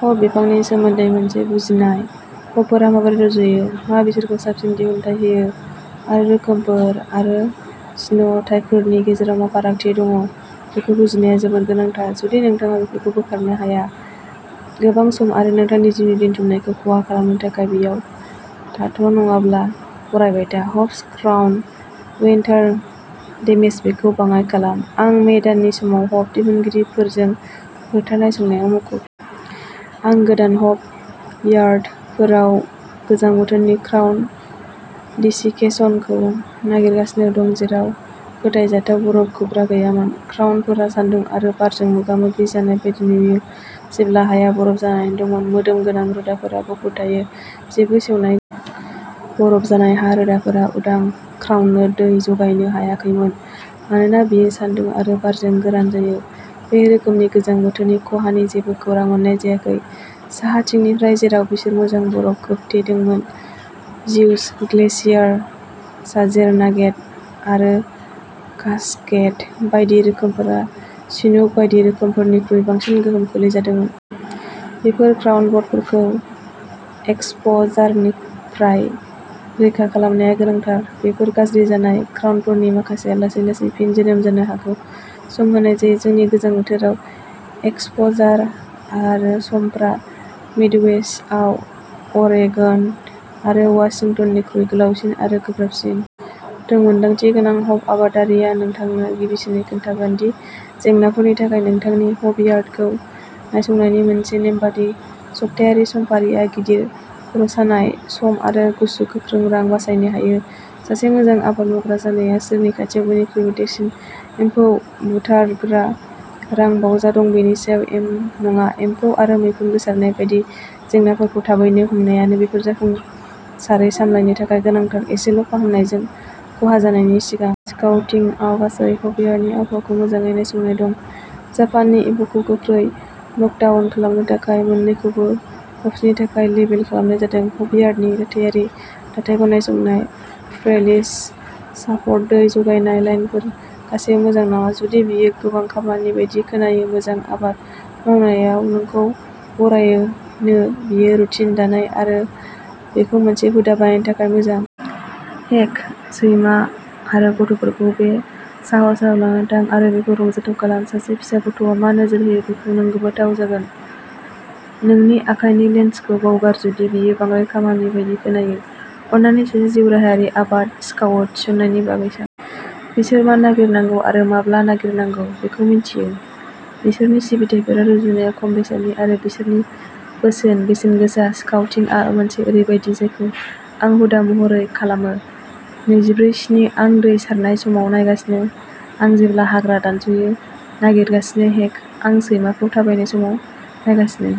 Hop बिफांनि सोमोन्दै मोनसे बुजिनाय। हपफोरा माबोरै रज'यो, मा बिसोरखौ साबसिन दिहुनथाय होयो, आरो रोखोमफोर आरो जिन'टाइपफोरनि गेजेराव मा फारागथि दं बेखौ बुजिनाया जोबोद गोनांथार। जुदि नोंथाङा बेफोरखौ बारनो हाया गोबां सम आरो नोंथांनि जिउनि दोनथुमनायखौ खहा खालामनो थाखाय बेयाव थाथ नङाब्ला फरायबाय था हप्स क्राउन उइन्टार डेमेज बेखौ बाङाइ खालाम, आं मे दाननि समाव हप दिहुनगिरिफोरजों फोथार नायसंनायाव मुखुब। आं गोदान हप यार्डफोराव गोजां बोथोरनि क्राउन दिसिकेसनखौ नागिरगासिनो दं जेराव फोथायजाथाव बरफ खोबग्रा गैयामोन। क्राउनफोरा सान्दुं आरो बारजों मोगामोगि जानाय बायदि नुयो जेब्ला हाया बरफ जानानै दंमोन। मोदोम गोनां रोदाफोरा गुफुर थायो जेबो सेवनाय गैया। बरफ जानाय हा रोदाफोरा उदां क्राउननो दै जगायनो हायाखैमोन मानोना बेयो सान्दुं आरो बारजों गोरान जायो। बे रोखोमनि गोजां बोथोरनि खहानि जेबो खौरां मोननाय जायाखै। साहाथिंनिफ्राय, जेराव बिसोर मोजां बरफ खोबथेदोंमोन। जिउस, ग्लेशियर, साजेर, नागेट आरो कास्केड बायदि रोखोमफोरा चिनुक बायदि रोखोमफोरनिख्रुइ बांसिन गोहोम खोख्लैजादोंमोन। बेफोर क्राउन बडफोरखौ एक्सप'जारनिफ्राय रैखा खालामनाया गोनांथार बेफोर गाज्रि जानाय क्राउनफोरनि माखासेआ लासै-लासै फिन जोनोम जानो हागौ, सम होनाय जायो। जोंनि गोजां बोथोरनि एक्सप'जार आरो समफ्रा मिडवेस्टआव अरेगन आरो वाशिंटननिख्रुइ गोलावसिन आरो गोब्राबसिन। रोंमोन्दांथि गोनां हप आबादारिया नोंथांनो गिबिसिनै खोन्थागोन दि जेंनाफोरनि थाखाय नोंथांनि हपयार्डखौ नायसंनायनि मोनसे नेमबादि सप्तायारि समफारिआ गिदिर खर'सानाय, सम आरो गुसु गोख्रों रां बासायनो हायो। सासे मोजां आबाद मावग्रा जानाया सोरनि खाथियाव बयनिख्रुइ देरसिन एम्फौ बुथारग्रा रांबावजा दं बेनि सायाव नङा एम्फौ आरो मैखुन गोसारनाय बायदि जेंनाफोरखौ थाब हमनायानो बेफोरखौ जाफुंसारै सामलायनो थाखाय गोनांथार एसेल' फाहामनायजों खहा जानायनि सिगां। थि स्काउटिंगआव गासै हपयार्डनि आबहावाखौ मोजाङै नायसंनाय दं। जापाननि एम्फौखौ गोख्रै नकडाउन खालामनो थाखाय। मोन्नैखौबो हप्सनि थाखाय लेबेल खालामनाय जादों। हपयार्डनि दाथायारि दाथायखौ नायसंनाय ट्रेलिस, सापर्ट, दै जगायनाय लाइनफोर गासैबो मोजां नामा? जुदि बेयो गोबां खामानि बायदि खोनायो मोजां, आबाद मावनायाव नोंखौ बरायनो बेयो रुटिन दानाय आरो बेखौ मोनसे हुदा बानायनायनि थाखाय मोजां। हेक, सैमा आरो गथ'फोरखौ बे साहसआव लाना थां आरो बेखौ रंजाथाव खालाम। सासे फिसा गथ'आ मा नोजोर होयो बेखौ नों गोमोथाव जागोन। नोंनि आखाइनि लेन्सखौ बावगार जुदि बेयो बांद्राय खामानि बायदि खोनायो, अन्नानै सासे जिउराहायारि आबाद स्काउट थिसननायनि बागै सान। बिसोर मा नागिरनांगौ आरो माब्ला नागिरनांगौ बेखौ मिन्थियो। बिसोरनि सिबिथाइफोरा रुजुनायाव खम बेसेननि आरो बिसोरनि बोसोन-बेसेनगोसा। स्काउटिंआ मोनसे ओरैबायदि जायखौ आं हुदा महरै खालामो नैजिब्रै स्नि आं दै सारनाय समाव नायगासिनो आं जेब्ला हाग्रा दानस'यो नागिरगासिनो हेक, आं सैमाखौ थाबायनाय समाव नायगासिनो।